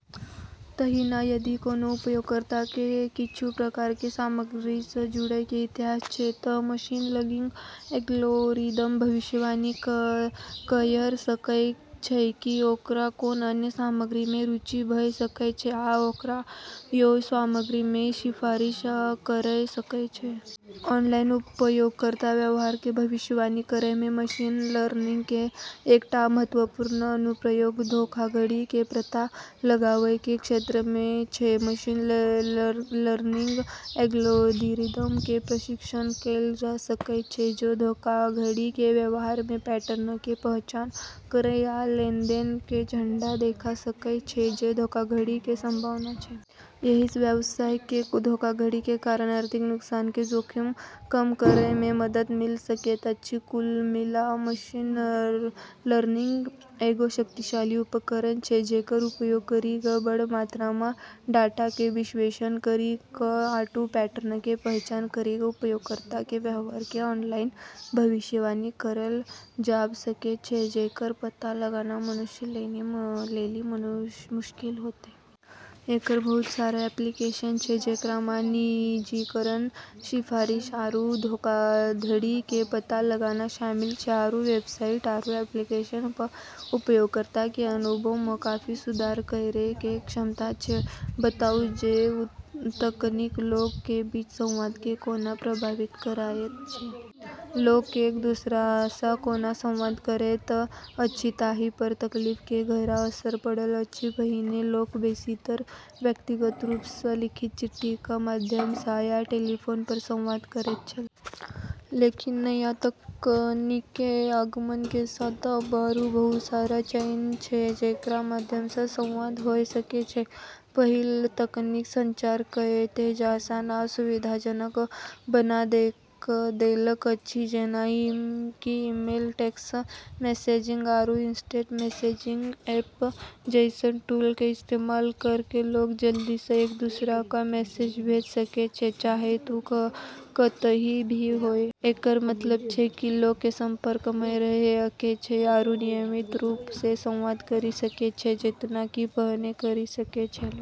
तहिना, यदि कोनों उपयोगकर्ता कें किछु प्रकार कें सामग्री सं जुड़य कें इतिहास छै, त मशीन लर्निंग एल्गोरिदम भविष्यवाणी कयर सकय छै कि ओकरा कोन अन्य सामग्री मे रुचि भ सकय छै आ ओकरा ओय सामग्री कें सिफारिश करय सकय छै. ऑनलाइन उपयोगकर्ता व्यवहार कें भविष्यवाणी करय मे मशीन लर्निंग कें एकटा आ महत्वपूर्ण अनुप्रयोग धोखाधड़ी कें पता लगावय कें क्षेत्र मे छै. मशीन लर्निंग एल्गोरिदम कें प्रशिक्षित कैल जा सकय छै जे धोखाधड़ी कें व्यवहार कें पैटर्न कें पहचान करय आ लेनदेन कें झंडा देखा सकय छै जे धोखाधड़ी कें संभावना छै. एहि सं व्यवसाय के धोखाधड़ी के कारण आर्थिक नुकसान के जोखिम कम करय मे मदद मिल सकैत अछि. कुल मिला क॑ मशीन लर्निंग एगो शक्तिशाली उपकरण छै जेकरऽ उपयोग करी क॑ बड़ऽ मात्रा म॑ डाटा के विश्लेषण करी क॑ आरू पैटर्न के पहचान करी क॑ उपयोगकर्ता के व्यवहार के ऑनलाइन भविष्यवाणी करलऽ जाब॑ सकै छै जेकरऽ पता लगाना मनुष्य लेली मुश्किल होतै। एकरऽ बहुत सारा एप्लीकेशन छै, जेकरा म॑ निजीकरण, सिफारिश, आरू धोखाधड़ी के पता लगाना शामिल छै, आरू वेबसाइट आरू एप्लीकेशन प॑ उपयोगकर्ता के अनुभव म॑ काफी सुधार करै के क्षमता छै। बताउ जे तकनीक लोगक कें बीच संवाद कें कोना प्रभावित करएयत छै. लोक एक दोसरा सं कोना संवाद करैत अछि ताहि पर तकनीक के गहरा असर पड़ल अछि. पहिने लोक बेसीतर व्यक्तिगत रूप स, लिखित चिट्ठी क माध्यम स या टेलीफोन पर संवाद करैत छल। लेकिन नया तकनीक के आगमन के साथ अब॑ आरू बहुत सारा चैनल छै, जेकरा माध्यम स॑ संवाद होय सकै छै। पहिल, तकनीक संचार कए तेज, आसान आ सुविधाजनक बना देलक अछि। जेना कि ईमेल, टेक्स्ट मैसेजिंग, आरू इंस्टेंट मैसेजिंग ऐप जैसनऽ टूल के इस्तेमाल करी क॑ लोग जल्दी स॑ एक-दूसरा क॑ मैसेज भेज॑ सकै छै, चाहे वू कतहीं भी होय। एकरऽ मतलब छै कि लोगऽ के संपर्क म॑ रह॑ सकै छै आरू नियमित रूप स॑ संवाद करी सकै छै, जेतना कि पहिने करी सकै छेलै।